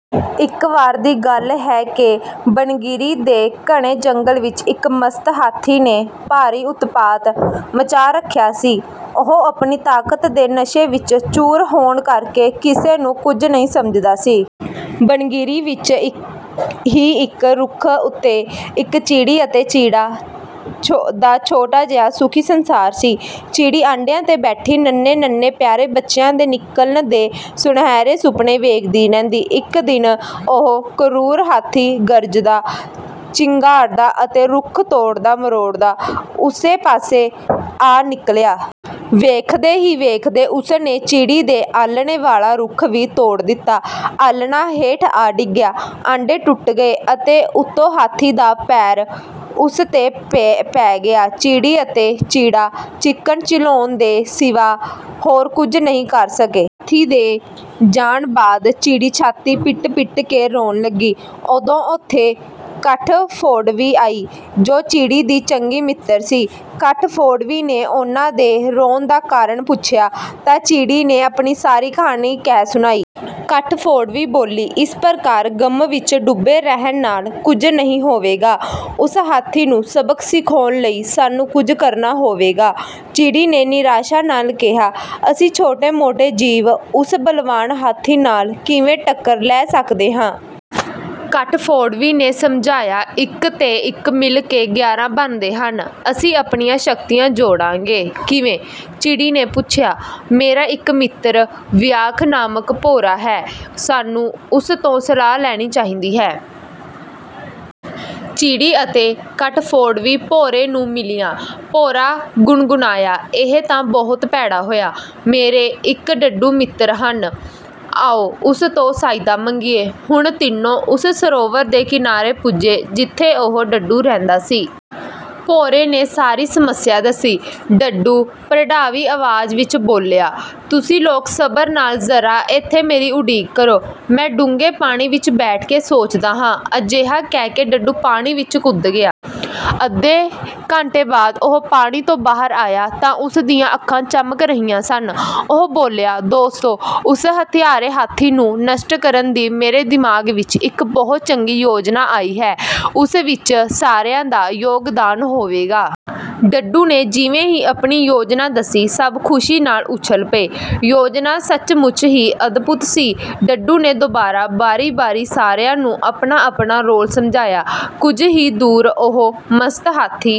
ਇੱਕ ਵਾਰ ਦੀ ਗੱਲ ਹੈ ਕਿ ਬਨਗਿਰੀ ਦੇ ਘਣੇ ਜੰਗਲ ਵਿੱਚ ਇੱਕ ਮਸਤ ਹਾਥੀ ਨੇ ਭਾਰੀ ਉਤਪਾਤ ਮਚਾ ਰੱਖਿਆ ਸੀ। ਉਹ ਆਪਣੀ ਤਾਕਤ ਦੇ ਨਸ਼ੇ ਵਿੱਚ ਚੂਰ ਹੋਣ ਕਰਕੇ ਕਿਸੇ ਨੂੰ ਕੁਝ ਨਹੀਂ ਸਮਝਦਾ ਸੀ। ਬਨਗਿਰੀ ਵਿੱਚ ਹੀ ਇੱਕ ਰੁੱਖ 'ਤੇ ਇੱਕ ਚਿੜੀ ਅਤੇ ਚਿੜੇ ਦਾ ਛੋਟਾ ਜਿਹਾ ਸੁਖੀ ਸੰਸਾਰ ਸੀ। ਚਿੜੀ ਆਂਡਿਆਂ 'ਤੇ ਬੈਠੀ ਨੰ੍ਹੇ-ਨੰ੍ਹੇ ਪਿਆਰੇ ਬੱਚਿਆਂ ਦੇ ਨਿਕਲਣ ਦੇ ਸੁਨਹਰੇ ਸੁਪਨੇ ਵੇਖਦੀ ਰਹਿੰਦੀ। ਇੱਕ ਦਿਨ ਉਹ ਕਰੂਰ ਹਾਥੀ ਗਰਜਦਾ, ਚਿੰਘਾੜਦਾ ਅਤੇ ਰੁੱਖ ਤੋੜਦਾ-ਮਰੋੜਦਾ ਉਸੇ ਪਾਸੇ ਆ ਨਿਕਲਿਆ। ਵੇਖਦੇ ਹੀ ਵੇਖਦੇ ਉਸ ਨੇ ਚਿੜੀ ਦੇ ਆਲ੍ਹਣੇ ਵਾਲਾ ਰੁੱਖ ਵੀ ਤੋੜ ਦਿੱਤਾ। ਆਲ੍ਹਣਾ ਹੇਠਾਂ ਆ ਡਿੱਗਿਆ, ਆਂਡੇ ਟੁੱਟ ਗਏ ਅਤੇ ਉੱਤੋਂ ਹਾਥੀ ਦਾ ਪੈਰ ਉਸ 'ਤੇ ਪੈ ਗਿਆ। ਚਿੜੀ ਅਤੇ ਚਿੜਾ ਚੀਕਣ-ਚਿਲਾਉਣ ਦੇ ਸਿਵਾ ਹੋਰ ਕੁਝ ਨਹੀਂ ਕਰ ਸਕੇ। ਹਾਥੀ ਦੇ ਜਾਣ ਬਾਅਦ ਚਿੜੀ ਛਾਤੀ ਪਿੱਟ-ਪਿੱਟ ਕੇ ਰੋਣ ਲੱਗੀ। ਉਦੋਂ ਉੱਥੇ ਕੱਠਫੋੜਵੀ ਆਈ, ਜੋ ਚਿੜੀ ਦੀ ਚੰਗੀ ਮਿੱਤਰ ਸੀ। ਕੱਠਫੋੜਵੀ ਨੇ ਉਹਨਾਂ ਦੇ ਰੋਣ ਦਾ ਕਾਰਨ ਪੁੱਛਿਆ ਤਾਂ ਚਿੜੀ ਨੇ ਆਪਣੀ ਸਾਰੀ ਕਹਾਣੀ ਕਹਿ ਸੁਣਾਈ। ਕੱਠਫੋੜਵੀ ਬੋਲੀ, "ਇਸ ਪ੍ਰਕਾਰ ਗ਼ਮ ਵਿੱਚ ਡੁੱਬੇ ਰਹਿਣ ਨਾਲ ਕੁਝ ਨਹੀਂ ਹੋਵੇਗਾ। ਉਸ ਹਾਥੀ ਨੂੰ ਸਬਕ ਸਿਖਾਉਣ ਲਈ ਸਾਨੂੰ ਕੁਝ ਕਰਨਾ ਹੋਵੇਗਾ।" ਚਿੜੀ ਨੇ ਨਿਰਾਸ਼ਾ ਨਾਲ ਕਿਹਾ, "ਅਸੀਂ ਛੋਟੇ-ਮੋਟੇ ਜੀਵ ਉਸ ਬਲਵਾਨ ਹਾਥੀ ਨਾਲ ਕਿਵੇਂ ਟੱਕਰ ਲੈ ਸਕਦੇ ਹਾਂ?" ਕੱਠਫੋੜਵੀ ਨੇ ਸਮਝਾਇਆ, "ਇੱਕ ਤੇ ਇੱਕ ਮਿਲ ਕੇ ਗਿਆਰਾਂ ਬਣਦੇ ਹਨ। ਅਸੀਂ ਆਪਣੀਆਂ ਸ਼ਕਤੀਆਂ ਜੋੜਾਂਗੇ।" "ਕਿਵੇਂ?" ਚਿੜੀ ਨੇ ਪੁੱਛਿਆ। "ਮੇਰਾ ਇੱਕ ਮਿੱਤਰ ਵੀਂਆਖ ਨਾਮਕ ਭੌਰਾ ਹੈ, ਸਾਨੂੰ ਉਸ ਤੋਂ ਸਲਾਹ ਲੈਣੀ ਚਾਹੀਦੀ ਹੈ।" ਚਿੜੀ ਅਤੇ ਕੱਠਫੋੜਵੀ ਭੌਰੇ ਨੂੰ ਮਿਲੀਆਂ। ਭੌਰਾ ਗੁਣਗੁਣਾਇਆ, "ਇਹ ਤਾਂ ਬਹੁਤ ਭੈੜਾ ਹੋਇਆ। ਮੇਰੇ ਇੱਕ ਡੱਡੂ ਮਿੱਤਰ ਹਨ, ਆਓ ਉਸ ਤੋਂ ਸਹਾਇਤਾ ਮੰਗੀਏ।" ਹੁਣ ਤਿੰਨੋਂ ਉਸ ਸਰੋਵਰ ਦੇ ਕਿਨਾਰੇ ਪੁੱਜੇ ਜਿੱਥੇ ਉਹ ਡੱਡੂ ਰਹਿੰਦਾ ਸੀ। ਭੌਰੇ ਨੇ ਸਾਰੀ ਸਮੱਸਿਆ ਦੱਸੀ। ਡੱਡੂ ਭਰੜਾਈ ਆਵਾਜ਼ ਵਿੱਚ ਬੋਲਿਆ, "ਤੁਸੀਂ ਲੋਕ ਸਬਰ ਨਾਲ ਜ਼ਰਾ ਇੱਥੇ ਮੇਰੀ ਉਡੀਕ ਕਰੋ, ਮੈਂ ਡੂੰਘੇ ਪਾਣੀ ਵਿੱਚ ਬੈਠ ਕੇ ਸੋਚਦਾ ਹਾਂ।" ਅਜਿਹਾ ਕਹਿ ਕੇ ਡੱਡੂ ਪਾਣੀ ਵਿੱਚ ਕੁੱਦ ਗਿਆ। ਅੱਧੇ ਘੰਟੇ ਬਾਅਦ ਉਹ ਪਾਣੀ ਤੋਂ ਬਾਹਰ ਆਇਆ ਤਾਂ ਉਸ ਦੀਆਂ ਅੱਖਾਂ ਚਮਕ ਰਹੀਆਂ ਸਨ। ਉਹ ਬੋਲਿਆ, "ਦੋਸਤੋ! ਉਸ ਹੱਤਿਆਰੇ ਹਾਥੀ ਨੂੰ ਨਸ਼ਟ ਕਰਨ ਦੀ ਮੇਰੇ ਦਿਮਾਗ਼ ਵਿੱਚ ਇੱਕ ਬਹੁਤ ਚੰਗੀ ਯੋਜਨਾ ਆਈ ਹੈ, ਉਸ ਵਿੱਚ ਸਾਰਿਆਂ ਦਾ ਯੋਗਦਾਨ ਹੋਵੇਗਾ।" ਡੱਡੂ ਨੇ ਜਿਵੇਂ ਹੀ ਆਪਣੀ ਯੋਜਨਾ ਦੱਸੀ, ਸਭ ਖ਼ੁਸ਼ੀ ਨਾਲ ਉੱਛਲ ਪਏ। ਯੋਜਨਾ ਸਚਮੁੱਚ ਹੀ ਅਦਭੁਤ ਸੀ। ਡੱਡੂ ਨੇ ਦੁਬਾਰਾ ਵਾਰੀ-ਵਾਰੀ ਸਾਰਿਆਂ ਨੂੰ ਆਪਣਾ-ਆਪਣਾ ਰੋਲ ਸਮਝਾਇਆ। ਕੁਝ ਹੀ ਦੂਰ ਉਹ ਮਸਤ ਹਾਥੀ